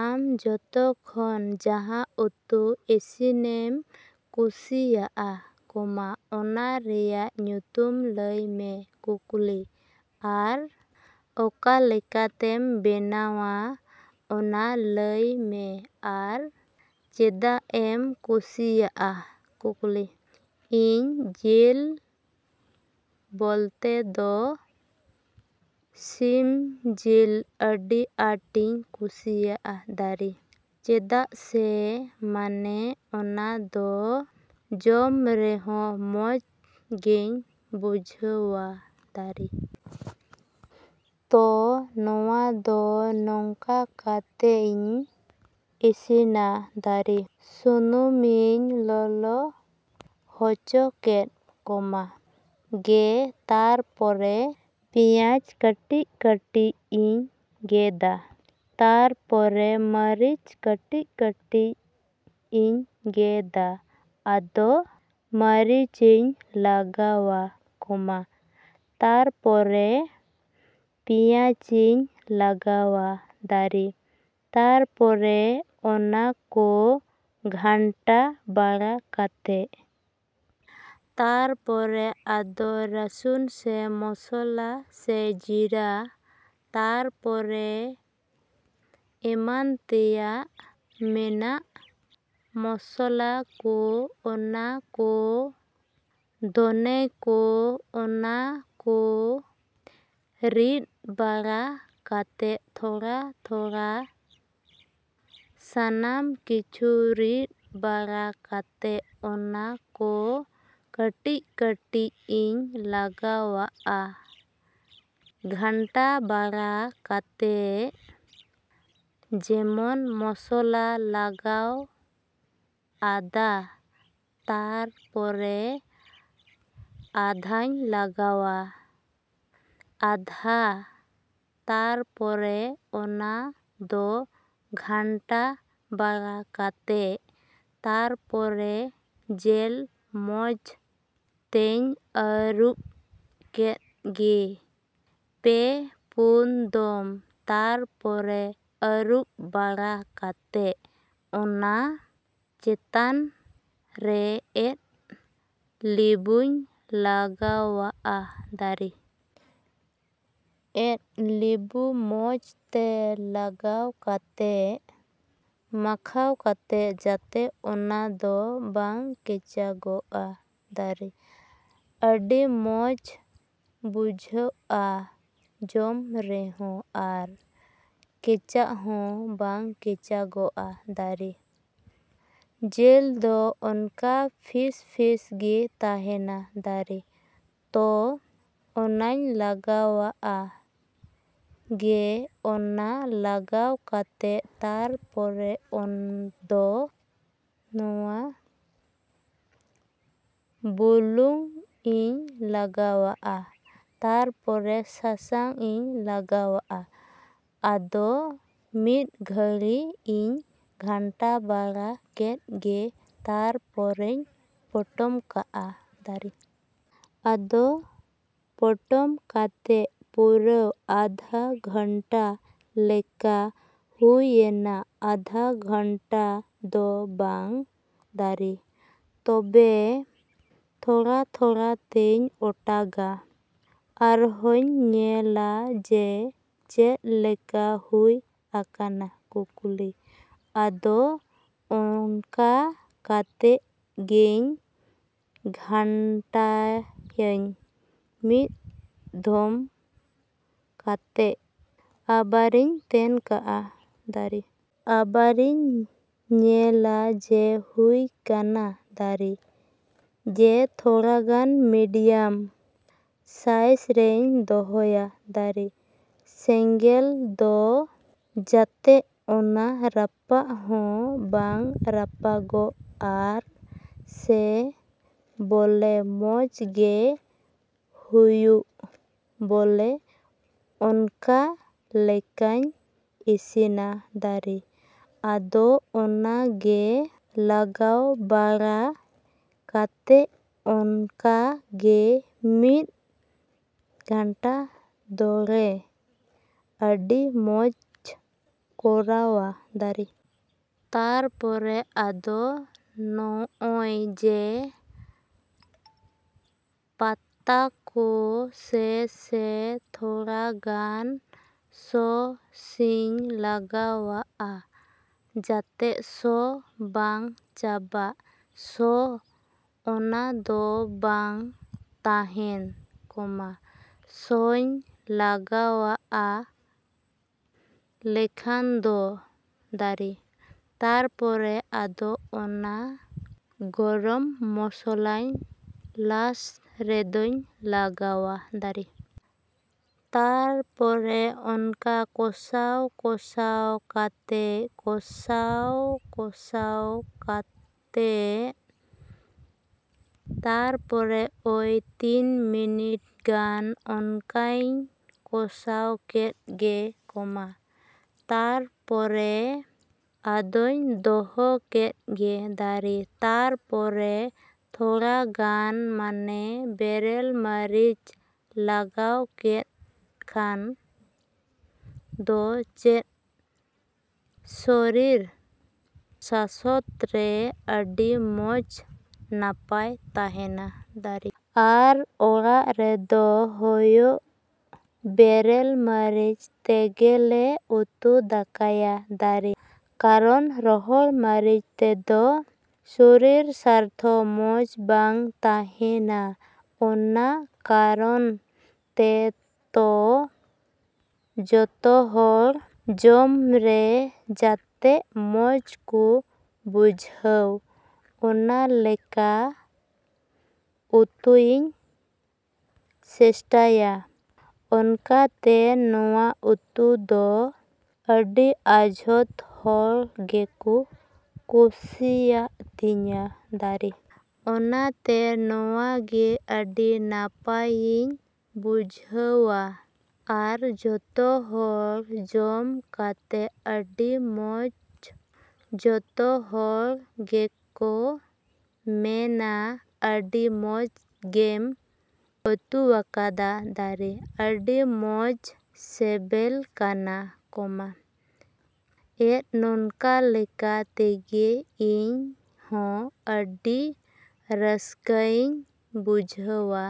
ᱟᱢ ᱡᱷᱚᱛᱚ ᱠᱷᱚᱱ ᱡᱟᱦᱟᱸ ᱩᱛᱩ ᱤᱥᱤᱱᱮᱢ ᱠᱩᱥᱤᱭᱟᱜᱼᱟ, ᱚᱱᱟ ᱨᱮᱭᱟᱜ ᱧᱩᱛᱩᱢ ᱞᱟᱹᱭ ᱢᱮ? ᱟᱨ ᱚᱠᱟᱞᱮᱠᱟᱛᱮᱢ ᱵᱮᱱᱟᱣᱟ ᱚᱱᱟ ᱞᱟᱹᱭ ᱢᱮ ᱟᱨ ᱪᱮᱫᱟᱜ ᱮᱢ ᱠᱩᱥᱤᱭᱟᱜᱼᱟ? ᱤᱧ ᱫᱚ ᱡᱮᱞ ᱵᱚᱞᱛᱮ ᱫᱚ ᱥᱤᱢ ᱡᱮᱞ ᱟᱹᱰᱤ ᱟᱸᱴᱤᱧ ᱠᱩᱥᱤᱭᱟᱜᱼᱟ᱾ ᱪᱮᱫᱟᱜ ᱥᱮ ᱢᱟᱱᱮ ᱚᱱᱟ ᱫᱚ ᱡᱚᱢ ᱨᱮᱦᱚᱸ ᱢᱚᱡᱽ ᱜᱤᱧ ᱵᱩᱡᱷᱟᱹᱣᱟ᱾ ᱛᱚ ᱱᱚᱣᱟ ᱫᱚ ᱱᱚᱝᱠᱟ ᱠᱟᱛᱤᱧ ᱤᱥᱤᱱᱟ᱾ ᱥᱩᱱᱩᱢᱤᱧ ᱞᱚᱞᱚ ᱦᱚᱪᱚ ᱠᱮᱫ, ᱜᱮ ᱛᱟᱨᱯᱚᱨᱮ ᱯᱮᱸᱭᱟᱡ ᱠᱟᱹᱴᱤᱡᱼᱠᱟᱹᱴᱤᱡ ᱤᱧ ᱜᱮᱫᱟ ᱛᱟᱨᱯᱚᱨᱮ ᱢᱟᱨᱤᱪ ᱠᱟᱹᱴᱤᱡᱼᱠᱟᱹᱴᱤᱡ ᱤᱧ ᱜᱮᱫᱟ ᱟᱫᱚ ᱢᱟᱨᱤᱪᱤᱧ ᱞᱟᱜᱟᱣᱟᱜᱼᱟ, ᱛᱟᱨᱯᱚᱨᱮ ᱯᱮᱸᱭᱟᱡᱤᱧ ᱞᱟᱜᱟᱣᱟᱜᱼᱟ᱾ ᱛᱟᱨᱯᱚᱨᱮ ᱚᱱᱟ ᱠᱚ ᱜᱷᱟᱱᱴᱟ ᱵᱟᱲᱟ ᱠᱟᱛᱮ ᱛᱟᱯᱚᱨᱮ ᱟᱫᱟ ᱨᱟᱹᱥᱩᱱ ᱥᱮ ᱢᱚᱥᱞᱟ ᱥᱮ ᱡᱤᱨᱟᱹ ᱛᱟᱨᱯᱚᱨᱮ ᱮᱢᱟᱱ ᱛᱮᱭᱟᱜ ᱢᱮᱱᱟᱜᱼᱟ ᱢᱚᱥᱞᱟ ᱠᱚ, ᱚᱱᱟ ᱠᱚ ᱫᱷᱚᱱᱮ ᱠᱚ ᱚᱱᱟ ᱠᱚ ᱨᱤᱫ ᱵᱟᱲᱟ ᱠᱟᱛᱮ ᱛᱷᱚᱲᱟᱼᱛᱷᱚᱲᱟ ᱥᱟᱱᱟᱢ ᱠᱤᱪᱷᱩ ᱨᱤᱫ ᱵᱟᱲᱟ ᱠᱟᱛᱮᱫ ᱚᱱᱟ ᱠᱚ ᱠᱟᱹᱴᱤᱡᱼᱠᱟᱹᱴᱤᱡ ᱤᱧ ᱞᱟᱜᱟᱣᱟᱜᱼᱟ ᱜᱷᱟᱱᱴᱟ ᱵᱟᱲᱟ ᱠᱟᱛᱮ ᱡᱮᱢᱚᱱ ᱢᱚᱥᱞᱟᱧ ᱞᱟᱜᱟᱣ ᱟᱫᱟ ᱛᱟᱨᱯᱚᱨᱮ ᱟᱫᱟᱧ ᱞᱟᱜᱟᱣ ᱟᱫᱟ ᱛᱟᱨᱯᱚᱨᱮ ᱚᱱᱟ ᱠᱚ ᱜᱷᱟᱱᱴᱟ ᱵᱟᱲᱟ ᱠᱟᱛᱮ ᱛᱟᱨᱯᱚᱨ ᱡᱮᱞ ᱢᱚᱡᱽ ᱛᱤᱧ ᱟᱹᱨᱩᱵ ᱠᱮᱫ ᱜᱮ ᱯᱮ ᱯᱚᱱ ᱫᱚᱢ ᱛᱟᱨᱯᱚᱨᱮ ᱟᱹᱨᱩᱵ ᱵᱟᱲᱟ ᱠᱟᱛᱮ ᱚᱱᱟ ᱪᱮᱛᱟᱱ ᱨᱮ ᱮᱫ ᱞᱤᱵᱩᱧ ᱞᱟᱜᱟᱣᱟᱜᱼᱟ᱾ ᱮᱫ ᱞᱤᱵᱩ ᱢᱚᱡᱽ ᱛᱮ ᱞᱟᱜᱟᱣ ᱠᱟᱛᱮ, ᱢᱟᱠᱷᱟᱣ ᱠᱟᱛᱮ ᱡᱟᱛᱮ ᱚᱱᱟ ᱫᱚ ᱵᱟᱝ ᱠᱮᱪᱟᱜᱚᱜ᱾ ᱟᱹᱰᱤ ᱢᱚᱡᱽ ᱵᱩᱡᱷᱟᱹᱜᱼᱟ ᱡᱚᱢ ᱨᱮᱦᱚᱸ ᱟᱨ ᱠᱮᱪᱷᱟᱜ ᱦᱚᱸ ᱵᱟᱝ ᱠᱮᱪᱟᱜᱚᱜᱼᱟ᱾ ᱡᱮᱞ ᱫᱚ ᱚᱱᱠᱟ ᱯᱤᱥᱼᱯᱤᱥ ᱜᱮ ᱛᱟᱦᱮᱱᱟ᱾ ᱛᱚ, ᱚᱱᱟᱧ ᱞᱟᱜᱟᱣᱟᱜ ᱜᱮ ᱚᱱᱟ ᱞᱟᱜᱟᱣ ᱠᱟᱛᱮ ᱛᱟᱨᱯᱚᱨᱮ ᱫᱚ ᱱᱚᱣᱟ ᱵᱩᱞᱩᱝᱤᱧ ᱞᱟᱜᱟᱣᱟᱜᱼᱟ, ᱛᱟᱨᱯᱚᱨᱮ ᱥᱟᱥᱟᱝᱤᱧ ᱞᱟᱜᱟᱣᱟᱜᱼᱟ, ᱟᱫᱚ ᱢᱤᱫ ᱜᱷᱟᱹᱲᱤᱡ ᱤᱧ ᱜᱷᱟᱱᱴᱟ ᱵᱟᱲᱟ ᱠᱮᱫ ᱜᱮ ᱛᱟᱨᱯᱚᱨᱮᱧ ᱯᱚᱴᱚᱢ ᱠᱟᱜᱼᱟ᱾ ᱟᱫᱚ ᱯᱚᱴᱚᱢ ᱠᱟᱛᱮ ᱯᱨᱟᱭ ᱟᱫᱷ ᱜᱷᱚᱱᱴᱟ ᱞᱮᱠᱟ ᱦᱩᱭᱩᱜᱼᱟ ᱟᱫᱷ ᱜᱷᱚᱱᱴᱟ ᱫᱚ ᱵᱟᱝᱟ᱾ ᱛᱚᱵᱮ ᱛᱷᱚᱲᱟᱼᱛᱷᱚᱲᱟ ᱛᱤᱧ ᱚᱴᱟᱜᱟ ᱟᱨᱦᱩᱧ ᱧᱮᱞᱟ ᱡᱮ, ᱪᱮᱫ ᱞᱮᱠᱟ ᱦᱩᱭ ᱟᱠᱟᱱᱟ? ᱟᱫᱚ ᱚᱱᱠᱟ ᱠᱟᱛᱮᱫ ᱜᱤᱧ ᱜᱷᱟᱱᱴᱟᱭᱤᱧ ᱢᱤᱫ ᱫᱚᱢ ᱠᱟᱛᱮ ᱟᱵᱟᱨᱤᱧ ᱛᱮᱱ ᱠᱟᱜᱼᱟ᱾ ᱟᱵᱟᱨᱤᱧ ᱧᱮᱞᱟ ᱡᱮ ᱦᱩᱭᱩᱜ ᱠᱟᱱᱟ᱾ ᱡᱮ ᱛᱷᱚᱲᱟ ᱜᱟᱱ ᱢᱤᱰᱤᱭᱟᱢ ᱥᱟᱭᱤᱡᱽ ᱨᱤᱧ ᱫᱚᱦᱚᱭᱟ᱾ ᱥᱮᱸᱜᱮᱞ ᱫᱚ ᱡᱟᱛᱮ ᱚᱱᱟ ᱨᱟᱯᱟᱜ ᱦᱚᱸ ᱵᱟᱝ ᱨᱟᱯᱟᱜᱚᱜ ᱟᱨ ᱥᱮ ᱵᱚᱞᱮ ᱢᱚᱡᱽ ᱜᱮ ᱦᱩᱭᱩᱜ ᱵᱚᱞᱮ ᱚᱱᱠᱟ ᱞᱮᱠᱟᱧ ᱤᱥᱤᱱᱟ᱾ ᱟᱫᱚ ᱚᱱᱠᱟ ᱜᱮ ᱞᱟᱲᱟᱣ ᱵᱟᱲᱟᱣ ᱠᱟᱛᱮ ᱚᱱᱠᱟ ᱜᱮ ᱢᱤᱫ ᱜᱷᱚᱱᱴᱟ ᱫᱷᱚᱨᱮ ᱟᱹᱰᱤ ᱢᱚᱡᱽ ᱠᱚᱥᱟᱣᱟ᱾ ᱛᱟᱨᱯᱚᱨᱮ ᱟᱫᱚ ᱱᱚᱜᱼᱚᱭ ᱛᱮᱡ ᱯᱟᱛᱟ ᱠᱚ ᱥᱮ ᱥᱮ ᱛᱷᱚᱲᱟ ᱜᱟᱱ ᱥᱚᱸᱥᱤᱧ ᱞᱟᱜᱟᱣᱟᱜᱼᱟ ᱡᱟᱛᱮ ᱥᱚ ᱵᱟᱝ ᱪᱟᱵᱟᱜ ᱥᱚ ᱚᱱᱟ ᱫᱚ ᱵᱟᱝ ᱛᱟᱦᱮᱱᱟ, ᱥᱚᱸᱥ ᱞᱟᱜᱟᱣ ᱞᱮᱠᱷᱟᱱ ᱫᱚ᱾ ᱛᱟᱨᱯᱚᱨᱮ ᱫᱚ ᱚᱱᱟ ᱜᱚᱨᱚᱢ ᱢᱚᱥᱞᱟ ᱞᱟᱥᱴ ᱨᱮᱫᱩᱧ ᱞᱟᱜᱟᱣᱟ᱾ ᱛᱟᱨᱯᱚᱨᱮ ᱚᱱᱟ ᱠᱚᱥᱟᱣᱼᱠᱚᱥᱟᱣ ᱠᱟᱛᱮ ᱠᱚᱥᱟᱣ ᱠᱚᱥᱟᱣ ᱠᱟᱛᱮ ᱛᱟᱨᱯᱚᱨᱮ ᱚᱭ ᱛᱤᱱ ᱢᱤᱱᱤᱴ ᱜᱟᱱ ᱚᱱᱠᱟᱧ ᱠᱚᱥᱟᱣ ᱠᱮᱫ ᱜᱮ, ᱛᱟᱨᱯᱚᱨᱮ ᱟᱫᱚᱧ ᱫᱚᱦᱚ ᱠᱮᱫ ᱜᱮ᱾ ᱛᱟᱨᱯᱚᱨᱮ ᱛᱷᱚᱲᱟ ᱜᱟᱱ ᱢᱟᱱᱮ ᱵᱮᱨᱮᱞ ᱢᱟᱨᱤᱪ ᱞᱟᱜᱟᱣ ᱞᱮᱠᱷᱟᱱ ᱫᱚ ᱪᱮᱫ ᱥᱚᱨᱤᱨ ᱥᱟᱥᱛᱚ ᱨᱮ ᱟᱹᱰᱤ ᱢᱚᱡᱽ ᱱᱟᱯᱟᱭ ᱛᱟᱦᱮᱱᱟ᱾ ᱟᱨ ᱚᱲᱟᱜ ᱨᱮᱫᱚ ᱦᱚᱸᱜᱼᱚᱭ ᱵᱮᱨᱮᱞ ᱢᱟᱨᱤᱪ ᱛᱮᱜᱮᱞᱮ ᱩᱛᱩ ᱫᱟᱠᱟᱭᱟ᱾ ᱠᱟᱨᱚᱱ ᱨᱚᱦᱚᱲ ᱢᱟᱨᱤᱪ ᱛᱮᱫᱚ ᱥᱚᱨᱤᱨ ᱥᱟᱥᱛᱷᱚ ᱢᱚᱡᱽ ᱵᱟᱝ ᱛᱟᱦᱮᱱᱟ ᱚᱱᱟ ᱠᱟᱨᱚᱱ ᱛᱮ ᱛᱚ, ᱡᱷᱚᱛᱚ ᱦᱚᱲ ᱡᱚᱢ ᱨᱮ ᱡᱟᱛᱮ ᱢᱚᱡᱽ ᱠᱚ ᱵᱩᱡᱷᱟᱹᱣ, ᱚᱱᱠᱟᱞᱮᱠᱟ ᱩᱛᱩᱧ ᱪᱮᱥᱴᱟᱭᱟ, ᱚᱱᱟᱛᱮ ᱱᱚᱣᱟ ᱩᱛᱩ ᱫᱚ ᱟᱹᱰᱤ ᱟᱸ ᱡᱷᱚᱛᱚ ᱦᱚᱲ ᱜᱮᱠᱚ ᱠᱩᱥᱤᱣᱟᱛᱤᱧᱟ᱾ ᱚᱱᱟᱛᱮ ᱱᱚᱣᱟ ᱜᱮ ᱟᱹᱰᱤ ᱱᱟᱯᱟᱭᱤᱧ ᱵᱩᱡᱷᱟᱹᱣᱟ, ᱟᱨ ᱡᱷᱚᱛᱚ ᱦᱚᱲ ᱡᱚᱢ ᱠᱟᱛᱮ ᱟᱹᱰᱤ ᱢᱚᱡᱽ ᱡᱷᱚᱛᱚ ᱦᱚᱲ ᱜᱮᱠᱚ ᱢᱮᱱᱟ ᱟᱹᱰᱤ ᱢᱚᱡᱽ ᱜᱮᱢ ᱩᱛᱩᱣᱟᱠᱟᱫᱟ᱾ ᱟᱹᱰᱤ ᱢᱚᱡᱽ ᱥᱮᱵᱮᱞ ᱠᱟᱱᱟ, ᱮᱫ ᱱᱚᱝᱠᱟᱞᱮᱠᱟ ᱛᱮᱜᱮ ᱤᱧ ᱦᱚᱸ ᱟᱹᱰᱤ ᱨᱟᱹᱥᱠᱟᱹᱧ ᱵᱩᱡᱷᱟᱹᱣᱟ᱾